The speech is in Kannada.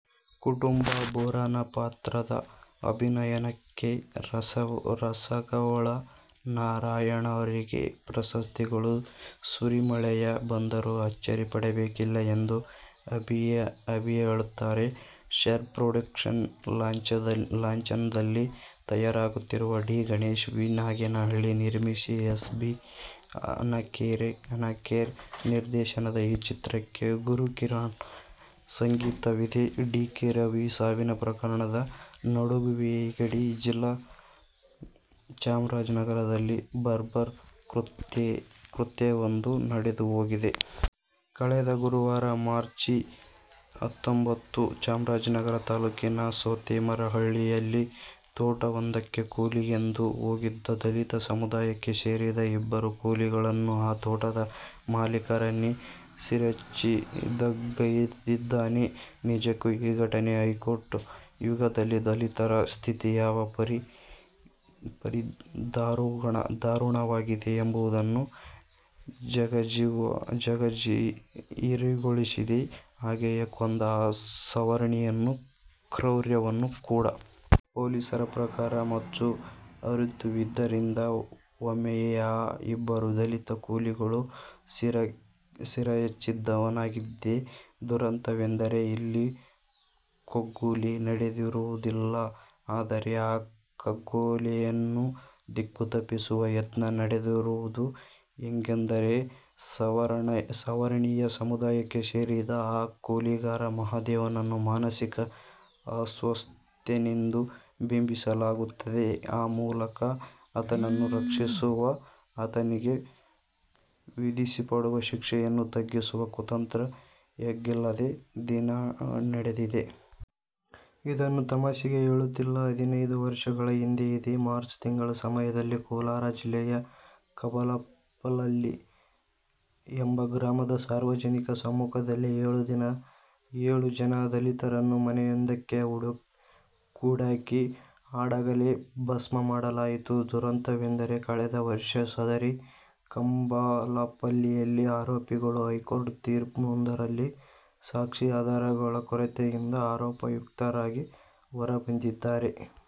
ಕುಂಟು ಬೋರನ ಪಾತ್ರದ ಅಭಿನಯಕ್ಕೆ ರಸಗವಳ ನಾರಾಯಣರಿಗೆ ಪ್ರಶಸ್ತಿಗಳ ಸುರಿಮಳೆಯೇ ಬಂದರೂ ಅಚ್ಚರಿ ಪಡಬೇಕಿಲ್ಲ ಎಂದು ಅಭಿಹೇಳುತ್ತಾರೆ. ಶರ ಪ್ರೊಡಕ್ಷನ್ಸ್ ಲಾಂಛನದಲ್ಲಿ ತಯಾರಾಗುತ್ತಿರುವ ಡಿ. ಗಣೇಶ್ ವಿ ನಾಗೇನಹಳ್ಳಿ ನಿರ್ಮಿಸಿ ಎಸ್ ಅಭಿ ಹನಕೆರೆ ನಿರ್ದೇಶನದ ಈ ಚಿತ್ರಕ್ಕೆ ಗುರುಕಿರಣ್ ಸಂಗೀತವಿದೆ. ಡಿ. ಕೆ. ರವಿ ಸಾವಿನ ಪ್ರಕರಣದ ನಡುವೆಯೇ ಗಡಿ ಜಿಲ್ಲೆ ಚಾಮರಾಜನಗರದಲ್ಲಿ ಬರ್ಬರ ಕೃತ್ಯವೊಂದು ನಡೆದುಹೋಗಿದೆ. ಕಳೆದ ಗುರುವಾರ ಮಾರ್ಚಿ ಹತ್ತೊಂಬತ್ತು, ಚಾಮರಾಜನಗರ ತಾಲ್ಲೂಕಿನ ಸಂತೆಮರಹಳ್ಳಿಯಲ್ಲಿ ತೋಟವೊಂದಕ್ಕೆ ಕೂಲಿಗೆಂದು ಹೋಗಿದ್ದ ದಲಿತ ಸಮುದಾಯಕ್ಕೆ ಸೇರಿದ ಇಬ್ಬರು ಕೂಲಿಗಳನ್ನು ಆ ತೋಟದ ಮಾಲೀಕನೇ ಶಿರಚ್ಛೇಧಗೈದಿದ್ದಾನೆ. ನಿಜಕ್ಕೂ ಈ ಘಟನೆ ಹೈಟೆಕ್ ಯುಗದಲ್ಲೂ ದಲಿತರ ಸ್ಥಿತಿ ಯಾವ ಪರಿ ದಾರುಣವಾಗಿದೆ ಎಂಬುದನ್ನು ಜಗಜ್ಜಾಹೀರುಗೊಳಿಸಿದೆ ಹಾಗೆಯೇ ಕೊಂದ ಆ ಸವರ್ಣೀಯನ ಕ್ರೌರ್ಯವನ್ನೂ ಕೂಡ. ಪೊಲೀಸರ ಪ್ರಕಾರ ಮಚ್ಚು ಹರಿತವಿದ್ದರಿಂದ ಒಮ್ಮೆಯೇ ಆ ಇಬ್ಬರು ದಲಿತ ಕೂಲಿಗಳ ಶಿರಚ್ಛೇಧನವಾಗಿದೆ. ದುರಂತವೆಂದರೆ ಇಲ್ಲಿ ಕಗ್ಗೊಲೆ ನಡೆದಿರುವುದಲ್ಲ, ಆದರೆ ಆ ಕಗ್ಗೊಲೆಯನ್ನು ದಿಕ್ಕುತಪ್ಪಿಸುವ ಯತ್ನ ನಡೆದಿರುವುದು. ಹೇಗೆಂದರೆ ಸವರ್ಣೀಯ ಸಮುದಾಯಕ್ಕೆ ಸೇರಿದ ಆ ಕೊಲೆಗಾರ ಮಹದೇವನನ್ನು ಮಾನಸಿಕ ಅಸ್ವಸ್ಥನೆಂದು ಬಿಂಬಿಸಲಾಗುತ್ತಿದೆ. ಆ ಮೂಲಕ ಆತನನ್ನು ರಕ್ಷಿಸುವ, ಆತನಿಗೆ ವಿಧಿಸಲ್ಪಡುವ ಶಿಕ್ಷೆಯನ್ನು ತಗ್ಗಿಸುವ ಕುತಂತ್ರ ಎಗ್ಗಿಲ್ಲದೆ ಡಿನಡೆದಿದೆ. ಇದನ್ನು ತಮಾಷೆಗೆ ಹೇಳುತ್ತಿಲ್ಲ. ಹದಿನೈದು ವರ್ಷಗಳ ಹಿಂದೆ ಇದೇ ಮಾರ್ಚ್ ತಿಂಗಳ ಸಮಯದಲ್ಲಿ ಕೋಲಾರ ಜಿಲ್ಲೆಯ ಕಂಬಾಲಪಲ್ಲಿ ಎಂಬ ಗ್ರಾಮದಲ್ಲಿ ಸಾರ್ವಜನಿಕರ ಸಮ್ಮುಖದಲ್ಲೇ ಏಳು ಜನ ದಲಿತರನ್ನು ಮನೆಯೊಂದಕ್ಕೆ ಕೂಡಿಹಾಕಿ ಹಾಡಹಗಲೇ ಭಸ್ಮಮಾಡಲಾಯಿತು. ದುರಂತವೆಂದರೆ ಕಳೆದ ವರ್ಷ ಸದರಿ ಕಂಬಾಲಪಲ್ಲಿಯ ಆರೋಪಿಗಳು ಹೈಕೋರ್ಟ್ ತೀರ್ಪೊಂದರಲ್ಲಿ ಸಾಕ್ಷ್ಯಾಧಾರಗಳ ಕೊರತೆಯಿಂದ ಆರೋಪಮುಕ್ತರಾಗಿ ಹೊರಬಂದಿದ್ದಾರೆ.